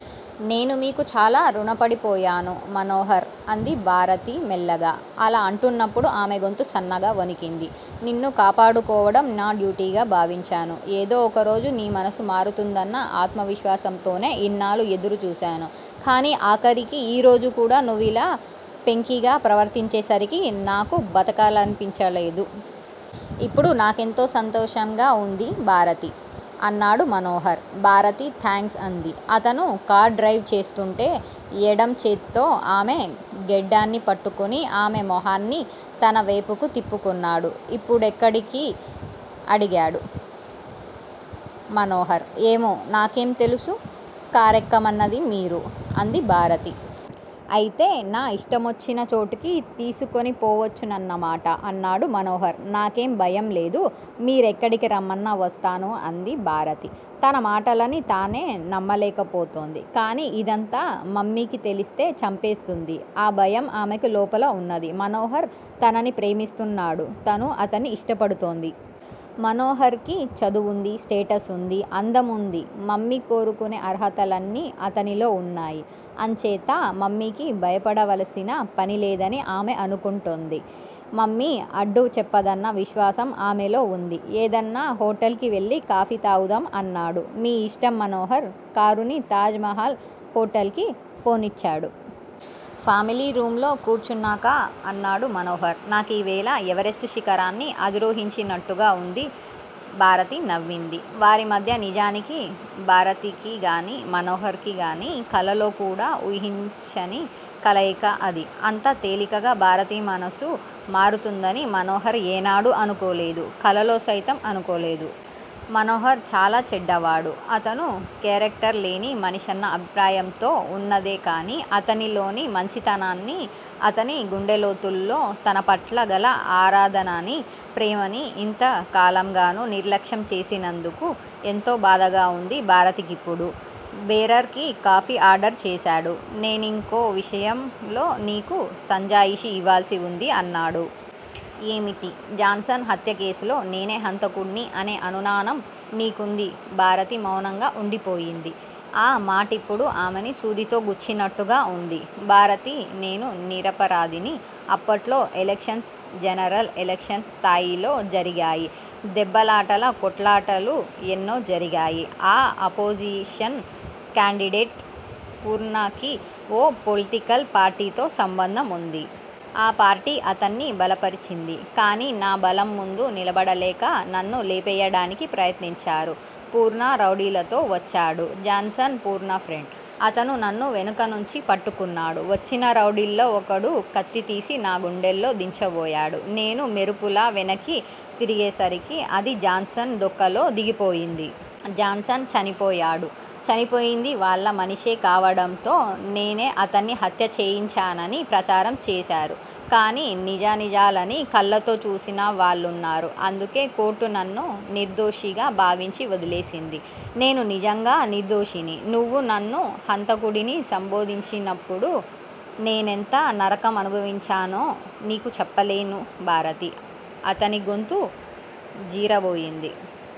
నేను మీకు చాలా రుణపడిపోయాను మనోహర్ అంది భారతి మెల్లగా. అలా అంటున్నప్పుడు ఆమె గొంతు సన్నగా వణికింది. నిన్ను కాపాడుకోవడం నా డ్యూటీగా భావించాను. ఏదో ఒకరోజు నీ మనసు మారుతుందన్న ఆత్మవిశ్వాసంతోనే ఇన్నాళ్ళూ ఎదురుచూశాను కానీ ఆఖరికి ఈరోజు కూడా నువ్విలా పెంకిగా ప్రవర్తించేసరికి నాకు బతకాలనిపించలేదు. ఇప్పుడు నాకెంతో సంతోషంగా ఉంది భారతీ! అన్నాడు మనోహర్. భారతి థాంక్స్ అంది. అతను కారు డ్రైవ్ చేస్తూంటే ఎడం చేత్తో ఆమె గెడ్డాన్ని పట్టుకుని ఆమె మొహాన్ని తనవేపుకు తిప్పుకున్నాడు. ఇప్పుడెక్కడికి! అడిగాడు మనోహర్. ఏమో! నాకేం తెలుసు! కారెక్కమన్నది మీరు! అంది భారతి. అయితే నా ఇష్టమొచ్చినచోటుకి తీసుకొనిపోవచ్చునన్నమాట? అన్నాడు మనోహర్. నాకేం భయంలేదు. మీరెక్కడికి రమ్మన్నా వస్తాను అంది. భారతి తన మాటలని తానే నమ్మలేకపోతోంది. కానీ ఇదంతా మమ్మీకి తెలిస్తే చంపేస్తుంది. ఆ భయం ఆమెకి లోపల ఉన్నది. మనోహర్ తనని ప్రేమిస్తున్నాడు. తనూ అతన్ని ఇష్టపడుతోంది. మనోహర్ కి చదువుంది. స్టేటస్ వుంది. అందం వుంది. మమ్మీ కోరుకునే అర్హతలన్నీ అతనిలో ఉన్నాయి. అంచేత మమ్మీకి భయపడవలసిన పనిలేదని ఆమె అనుకుంటోంది. మమ్మీ అడ్డు చెప్పదన్న విశ్వాసం ఆమెలో వుంది. ఏదన్నా హోటల్ కి వెళ్ళి కాఫీ తాగుదాం అన్నాడు. మీ ఇష్టం మనోహర్ కారుని తాజ్ మహల్ హోటల్ కి పోనిచ్చాడు. ఫామిలీ రూంలో కూర్చున్నాక అన్నాడు మనోహర్. నాకీవేళ ఎవరెస్టు శిఖరాన్ని అధిరోహించినట్టుగా వుంది భారతి నవ్వింది. వారిమధ్య నిజానికి భారతికిగానీ, మనోహర్ కిగానీ కలలో కూడా వూహించని కలయిక అది. అంత తేలికగా భారతి మనసు మారుతుందని మనోహర్ ఏనాడూ అనుకోలేదు. కలలో సైతం అనుకోలేదు. మనోహర్ చాలా చెడ్డవాడు. అతను కేరక్టర్ లేని మనిషన్న అభిప్రాయంతో వున్నదే కానీ అతనిలోని మంచితనాన్ని, అతని గుండెలోతుల్లో తనపట్ల గల ఆరాధననీ, ప్రేమనీ ఇంత కాలంగానూ నిర్లక్ష్యం చేసినందుకు ఎంతో బాధగా వుంది భారతికిప్పుడు. బేరర్ కి కాఫీ ఆర్డర్ చేశాడు. నేనింకో విషయంలో నీకు సంజాయిషీ ఇవ్వాల్సి వుంది అన్నాడు. ఏమిటీ! జాన్సన్ హత్యకేసులో నేనే హంతకుడ్ని అనే అనునానం నీకుంది భారతి మౌనంగా వుండిపోయింది. ఆ మాటిప్పుడు ఆమెని సూదితో గుచ్చినట్టుగా వుంది. భారతి నేను నిరపరాధిని. అప్పట్లో ఎలక్షన్స్ జనరల్ ఎలక్షన్స్ స్థాయిలో జరిగాయి. దెబ్బలాటలు, కొట్లాటలు ఎన్నో జరిగాయి. నా అపోజిషన్ కాండిడేట్ పూర్ణాకి ఓ పొలిటికల్ పార్టీతో సంబంధం ఉంది. ఆ పార్టీ అతన్ని బలపరిచింది. కానీ నా బలం ముందు నిలబడలేక నన్ను లేపేయడానికి ప్రయత్నించారు. పూర్ణ రౌడీలతో వచ్చాడు. Johnson Purna friend. అతను నన్ను వెనుకనుంచి పట్టుకున్నాడు. వచ్చిన రౌడీల్లో ఒకడు కత్తి తీసి నా గుండెల్లో దించబోయాడు. నేను మెరుపులా వెనక్కి తిరిగేసరికి అది జాన్సన్ డొక్కలో దిగిపోయింది. జాన్సన్ చనిపోయాడు. చనిపోయింది వాళ్ళ మనిషే కావడంతో నేనే అతన్ని హత్య చేయించానని ప్రచారం చేశారు. కానీ నిజానిజాలని కళ్ళతో చూసిన వాళ్ళున్నారు అందుకే కోర్టు నన్ను నిర్దోషిగా భావించి వదిలేసింది. నేను నిజంగా నిర్దోషిని. నువ్వు నన్ను హంతకుడని సంబోధించినప్పుడు నేనెంత నరకం అనుభవించానో నీకు చెప్పలేను భారతీ, అతని గొంతు జీరబోయింది.